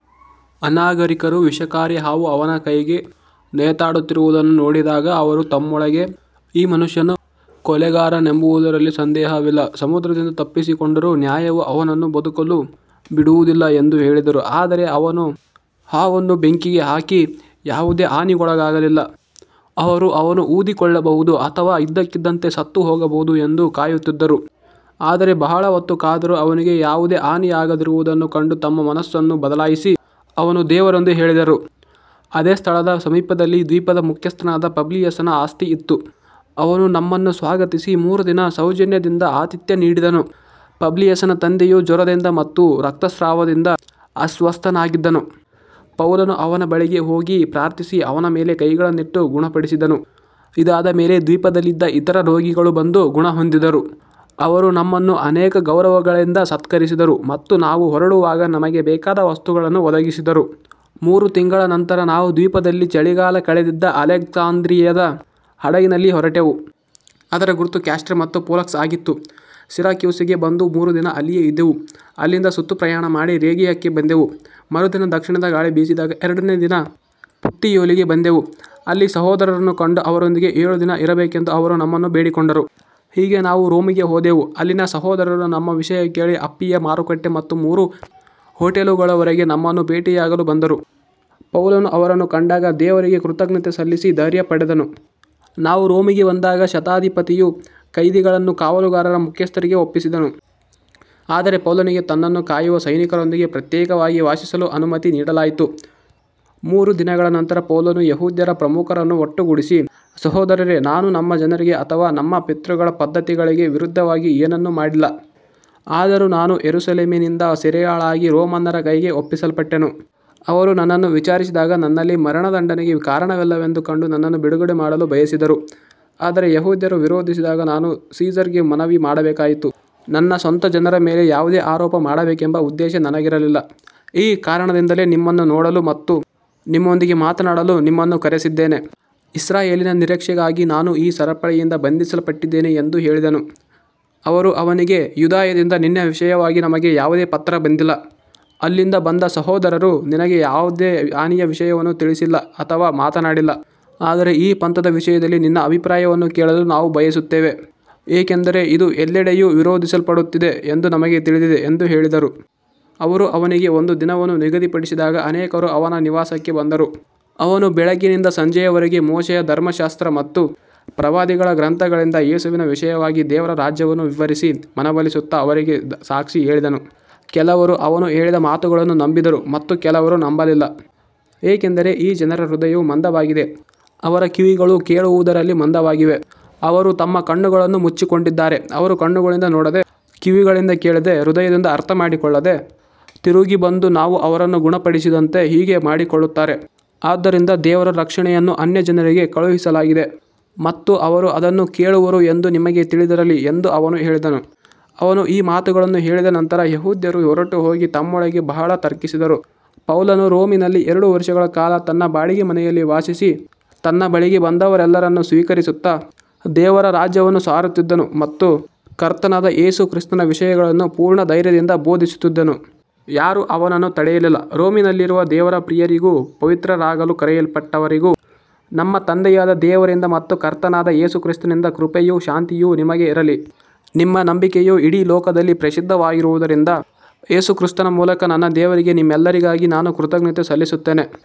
ಅನಾಗರಿಕರು ವಿಷಕಾರಿ ಹಾವು ಅವನ ಕೈಗೆ ನೇತಾಡುತ್ತಿರುವುದನ್ನು ನೋಡಿದಾಗ, ಅವರು ತಮ್ಮೊಳಗೆ, ಈ ಮನುಷ್ಯನು ಕೊಲೆಗಾರನೆಂಬುದರಲ್ಲಿ ಸಂದೇಹವಿಲ್ಲ, ಸಮುದ್ರದಿಂದ ತಪ್ಪಿಸಿಕೊಂಡರೂ ನ್ಯಾಯವು ಅವನನ್ನು ಬದುಕಲು ಬಿಡುವುದಿಲ್ಲ ಎಂದು ಹೇಳಿದರು. ಆದರೆ ಅವನು ಹಾವನ್ನು ಬೆಂಕಿಗೆ ಹಾಕಿ ಯಾವುದೇ ಹಾನಿಗೊಳಗಾಗಲಿಲ್ಲ. ಅವರು ಅವನು ಊದಿಕೊಳ್ಳಬಹುದು ಅಥವಾ ಇದ್ದಕ್ಕಿದ್ದಂತೆ ಸತ್ತುಹೋಗಬಹುದು ಎಂದು ಕಾಯುತ್ತಿದ್ದರು. ಆದರೆ ಬಹಳ ಹೊತ್ತು ಕಾದರೂ ಅವನಿಗೆ ಯಾವುದೇ ಹಾನಿಯಾಗದಿರುವುದನ್ನು ಕಂಡು ತಮ್ಮ ಮನಸ್ಸನ್ನು ಬದಲಾಯಿಸಿ, ಅವನು ದೇವರೆಂದು ಹೇಳಿದರು. ಅದೇ ಸ್ಥಳದ ಸಮೀಪದಲ್ಲಿ ದ್ವೀಪದ ಮುಖ್ಯಸ್ಥನಾದ ಪಬ್ಲಿಯಸನ ಆಸ್ತಿ ಇತ್ತು. ಅವನು ನಮ್ಮನ್ನು ಸ್ವಾಗತಿಸಿ ಮೂರು ದಿನ ಸೌಜನ್ಯದಿಂದ ಆತಿಥ್ಯ ನೀಡಿದನು. ಪಬ್ಲಿಯಸನ ತಂದೆಯು ಜ್ವರದಿಂದ ಮತ್ತು ರಕ್ತಸ್ರಾವದಿಂದ ಅಸ್ವಸ್ಥನಾಗಿದ್ದನು. ಪೌಲನು ಅವನ ಬಳಿಗೆ ಹೋಗಿ ಪ್ರಾರ್ಥಿಸಿ, ಅವನ ಮೇಲೆ ಕೈಗಳನ್ನಿಟ್ಟು ಗುಣಪಡಿಸಿದನು. ಇದಾದ ಮೇಲೆ ದ್ವೀಪದಲ್ಲಿದ್ದ ಇತರ ರೋಗಿಗಳೂ ಬಂದು ಗುಣಹೊಂದಿದರು. ಅವರು ನಮ್ಮನ್ನು ಅನೇಕ ಗೌರವಗಳಿಂದ ಸತ್ಕರಿಸಿದರು ಮತ್ತು ನಾವು ಹೊರಡುವಾಗ ನಮಗೆ ಬೇಕಾದ ವಸ್ತುಗಳನ್ನು ಒದಗಿಸಿದರು. ಮೂರು ತಿಂಗಳ ನಂತರ ನಾವು ದ್ವೀಪದಲ್ಲಿ ಚಳಿಗಾಲ ಕಳೆದಿದ್ದ ಅಲೆಕ್ಸಾಂದ್ರಿಯದ ಹಡಗಿನಲ್ಲಿ ಹೊರಟೆವು. ಅದರ ಗುರುತು ಕ್ಯಾಸ್ಟರ್ ಮತ್ತು ಪೊಲಕ್ಸ್ ಆಗಿತ್ತು. ಸಿರಾಕ್ಯೂಸಿಗೆ ಬಂದು ಮೂರು ದಿನ ಅಲ್ಲಿಯೇ ಇದ್ದೆವು. ಅಲ್ಲಿಂದ ಸುತ್ತುಪ್ರಯಾಣ ಮಾಡಿ ರೇಗಿಯಕ್ಕೆ ಬಂದೆವು. ಮರುದಿನ ದಕ್ಷಿಣದ ಗಾಳಿ ಬೀಸಿದಾಗ ಎರಡನೆಯ ದಿನ ಪುತ್ತಿಯೋಲಿಗೆ ಬಂದೆವು. ಅಲ್ಲಿ ಸಹೋದರರನ್ನು ಕಂಡು ಅವರೊಂದಿಗೆ ಏಳು ದಿನ ಇರಬೇಕೆಂದು ಅವರು ನಮ್ಮನ್ನು ಬೇಡಿಕೊಂಡರು. ಹೀಗೆ ನಾವು ರೋಮಿಗೆ ಹೋದೆವು. ಅಲ್ಲಿನ ಸಹೋದರರು ನಮ್ಮ ವಿಷಯ ಕೇಳಿ ಅಪ್ಪಿಯ ಮಾರುಕಟ್ಟೆ ಮತ್ತು ಮೂರು ಹೋಟೆಲುಗಳವರೆಗೆ ನಮ್ಮನ್ನು ಭೇಟಿಯಾಗಲು ಬಂದರು. ಪೌಲನು ಅವರನ್ನು ಕಂಡಾಗ ದೇವರಿಗೆ ಕೃತಜ್ಞತೆ ಸಲ್ಲಿಸಿ ಧೈರ್ಯ ಪಡೆದನು. ನಾವು ರೋಮಿಗೆ ಬಂದಾಗ ಶತಾಧಿಪತಿಯು ಕೈದಿಗಳನ್ನು ಕಾವಲುಗಾರರ ಮುಖ್ಯಸ್ಥನಿಗೆ ಒಪ್ಪಿಸಿದನು. ಆದರೆ ಪೌಲನಿಗೆ ತನ್ನನ್ನು ಕಾಯುವ ಸೈನಿಕನೊಂದಿಗೆ ಪ್ರತ್ಯೇಕವಾಗಿ ವಾಸಿಸಲು ಅನುಮತಿ ನೀಡಲಾಯಿತು. ಮೂರು ದಿನಗಳ ನಂತರ ಪೌಲನು ಯೆಹೂದ್ಯರ ಪ್ರಮುಖರನ್ನು ಒಟ್ಟುಗೂಡಿಸಿ, ಸಹೋದರರೇ, ನಾನು ನಮ್ಮ ಜನರಿಗೆ ಅಥವಾ ನಮ್ಮ ಪಿತೃಗಳ ಪದ್ಧತಿಗಳಿಗೆ ವಿರುದ್ಧವಾಗಿ ಏನನ್ನೂ ಮಾಡಿಲ್ಲ. ಆದರೂ ನಾನು ಯೆರೂಸಲೇಮಿನಿಂದ ಸೆರೆಯಾಳಾಗಿ ರೋಮನ್ನರ ಕೈಗೆ ಒಪ್ಪಿಸಲ್ಪಟ್ಟೆನು. ಅವರು ನನ್ನನ್ನು ವಿಚಾರಿಸಿದಾಗ ನನ್ನಲ್ಲಿ ಮರಣದಂಡನೆಗೆ ಕಾರಣವಿಲ್ಲವೆಂದು ಕಂಡು ನನ್ನನ್ನು ಬಿಡುಗಡೆ ಮಾಡಲು ಬಯಸಿದರು. ಆದರೆ ಯೆಹೂದ್ಯರು ವಿರೋಧಿಸಿದಾಗ ನಾನು ಸೀಸರ್‌ಗೆ ಮನವಿ ಮಾಡಬೇಕಾಯಿತು. ನನ್ನ ಸ್ವಂತ ಜನರ ಮೇಲೆ ಯಾವುದೇ ಆರೋಪ ಮಾಡಬೇಕೆಂಬ ಉದ್ದೇಶ ನನಗಿರಲಿಲ್ಲ. ಈ ಕಾರಣದಿಂದಲೇ ನಿಮ್ಮನ್ನು ನೋಡಲು ಮತ್ತು ನಿಮ್ಮೊಂದಿಗೆ ಮಾತನಾಡಲು ನಿಮ್ಮನ್ನು ಕರೆಸಿದ್ದೇನೆ. ಇಸ್ರಾಯೇಲಿನ ನಿರೀಕ್ಷೆಗಾಗಿ ನಾನು ಈ ಸರಪಳಿಯಿಂದ ಬಂಧಿಸಲ್ಪಟ್ಟಿದ್ದೇನೆ ಎಂದು ಹೇಳಿದನು. ಅವರು ಅವನಿಗೆ, ಯೂದಾಯದಿಂದ ನಿನ್ನ ವಿಷಯವಾಗಿ ನಮಗೆ ಯಾವುದೇ ಪತ್ರ ಬಂದಿಲ್ಲ, ಅಲ್ಲಿಂದ ಬಂದ ಸಹೋದರರೂ ನಿನಗೆ ಯಾವುದೇ ಹಾನಿಯ ವಿಷಯವನ್ನು ತಿಳಿಸಿಲ್ಲ ಅಥವಾ ಮಾತನಾಡಿಲ್ಲ. ಆದರೆ ಈ ಪಂಥದ ವಿಷಯದಲ್ಲಿ ನಿನ್ನ ಅಭಿಪ್ರಾಯವನ್ನು ಕೇಳಲು ನಾವು ಬಯಸುತ್ತೇವೆ, ಏಕೆಂದರೆ ಇದು ಎಲ್ಲೆಡೆಯೂ ವಿರೋಧಿಸಲ್ಪಡುತ್ತಿದೆ ಎಂದು ನಮಗೆ ತಿಳಿದಿದೆ ಎಂದು ಹೇಳಿದರು. ಅವರು ಅವನಿಗೆ ಒಂದು ದಿನವನ್ನು ನಿಗದಿಪಡಿಸಿದಾಗ ಅನೇಕರು ಅವನ ನಿವಾಸಕ್ಕೆ ಬಂದರು. ಅವನು ಬೆಳಗ್ಗಿನಿಂದ ಸಂಜೆಯವರೆಗೆ ಮೋಶೆಯ ಧರ್ಮಶಾಸ್ತ್ರ ಮತ್ತು ಪ್ರವಾದಿಗಳ ಗ್ರಂಥಗಳಿಂದ ಯೇಸುವಿನ ವಿಷಯವಾಗಿ ದೇವರ ರಾಜ್ಯವನ್ನು ವಿವರಿಸಿ ಮನವೊಲಿಸುತ್ತಾ ಅವರಿಗೆ ಸಾಕ್ಷಿ ಹೇಳಿದನು. ಕೆಲವರು ಅವನು ಹೇಳಿದ ಮಾತುಗಳನ್ನು ನಂಬಿದರು ಮತ್ತು ಕೆಲವರು ನಂಬಲಿಲ್ಲ. ಏಕೆಂದರೆ ಈ ಜನರ ಹೃದಯವು ಮಂದವಾಗಿದೆ, ಅವರ ಕಿವಿಗಳು ಕೇಳುವುದರಲ್ಲಿ ಮಂದವಾಗಿವೆ, ಅವರು ತಮ್ಮ ಕಣ್ಣುಗಳನ್ನು ಮುಚ್ಚಿಕೊಂಡಿದ್ದಾರೆ. ಅವರು ಕಣ್ಣುಗಳಿಂದ ನೋಡದೆ, ಕಿವಿಗಳಿಂದ ಕೇಳದೆ, ಹೃದಯದಿಂದ ಅರ್ಥಮಾಡಿಕೊಳ್ಳದೆ, ತಿರುಗಿ ಬಂದು ನಾನು ಅವರನ್ನು ಗುಣಪಡಿಸದಂತೆ ಹೀಗೆ ಮಾಡಿಕೊಳ್ಳುತ್ತಾರೆ. ಆದ್ದರಿಂದ ದೇವರ ರಕ್ಷಣೆಯನ್ನು ಅನ್ಯಜನರಿಗೆ ಕಳುಹಿಸಲಾಗಿದೆ ಮತ್ತು ಅವರು ಅದನ್ನು ಕೇಳುವರು ಎಂದು ನಿಮಗೆ ತಿಳಿದಿರಲಿ ಎಂದು ಅವನು ಹೇಳಿದನು. ಅವನು ಈ ಮಾತುಗಳನ್ನು ಹೇಳಿದ ಮೇಲೆ ಯೆಹೂದ್ಯರು ಹೊರಟುಹೋಗಿ ತಮ್ಮೊಳಗೆ ಬಹಳ ತರ್ಕಿಸಿದರು. ಪೌಲನು ರೋಮಿನಲ್ಲಿ ಎರಡು ವರ್ಷಗಳ ಕಾಲ ತನ್ನ ಬಾಡಿಗೆ ಮನೆಯಲ್ಲಿ ವಾಸಿಸಿ, ತನ್ನ ಬಳಿಗೆ ಬಂದವರೆಲ್ಲರನ್ನು ಸ್ವೀಕರಿಸುತ್ತಾ, ದೇವರ ರಾಜ್ಯವನ್ನು ಸಾರುತ್ತಿದ್ದನು ಮತ್ತು ಕರ್ತನಾದ ಯೇಸು ಕ್ರಿಸ್ತನ ವಿಷಯಗಳನ್ನು ಪೂರ್ಣ ಧೈರ್ಯದಿಂದ ಬೋಧಿಸುತ್ತಿದ್ದನು. ಯಾರೂ ಅವನನ್ನು ತಡೆಯಲಿಲ್ಲ. ರೋಮಿನಲ್ಲಿರುವ ದೇವರ ಪ್ರಿಯರಿಗೂ ಪವಿತ್ರರಾಗಲು ಕರೆಯಲ್ಪಟ್ಟವರಿಗೂ, ನಮ್ಮ ತಂದೆಯಾದ ದೇವರಿಂದ ಮತ್ತು ಕರ್ತನಾದ ಯೇಸು ಕ್ರಿಸ್ತನಿಂದ ಕೃಪೆಯೂ ಶಾಂತಿಯೂ ನಿಮಗೆ ಇರಲಿ. ನಿಮ್ಮ ನಂಬಿಕೆಯು ಇಡೀ ಲೋಕದಲ್ಲಿ ಪ್ರಸಿದ್ಧವಾಗಿರುವುದರಿಂದ, ಯೇಸು ಕ್ರಿಸ್ತನ ಮೂಲಕ ನನ್ನ ದೇವರಿಗೆ ನಿಮ್ಮೆಲ್ಲರಿಗಾಗಿ ನಾನು ಕೃತಜ್ಞತೆ ಸಲ್ಲಿಸುತ್ತೇನೆ.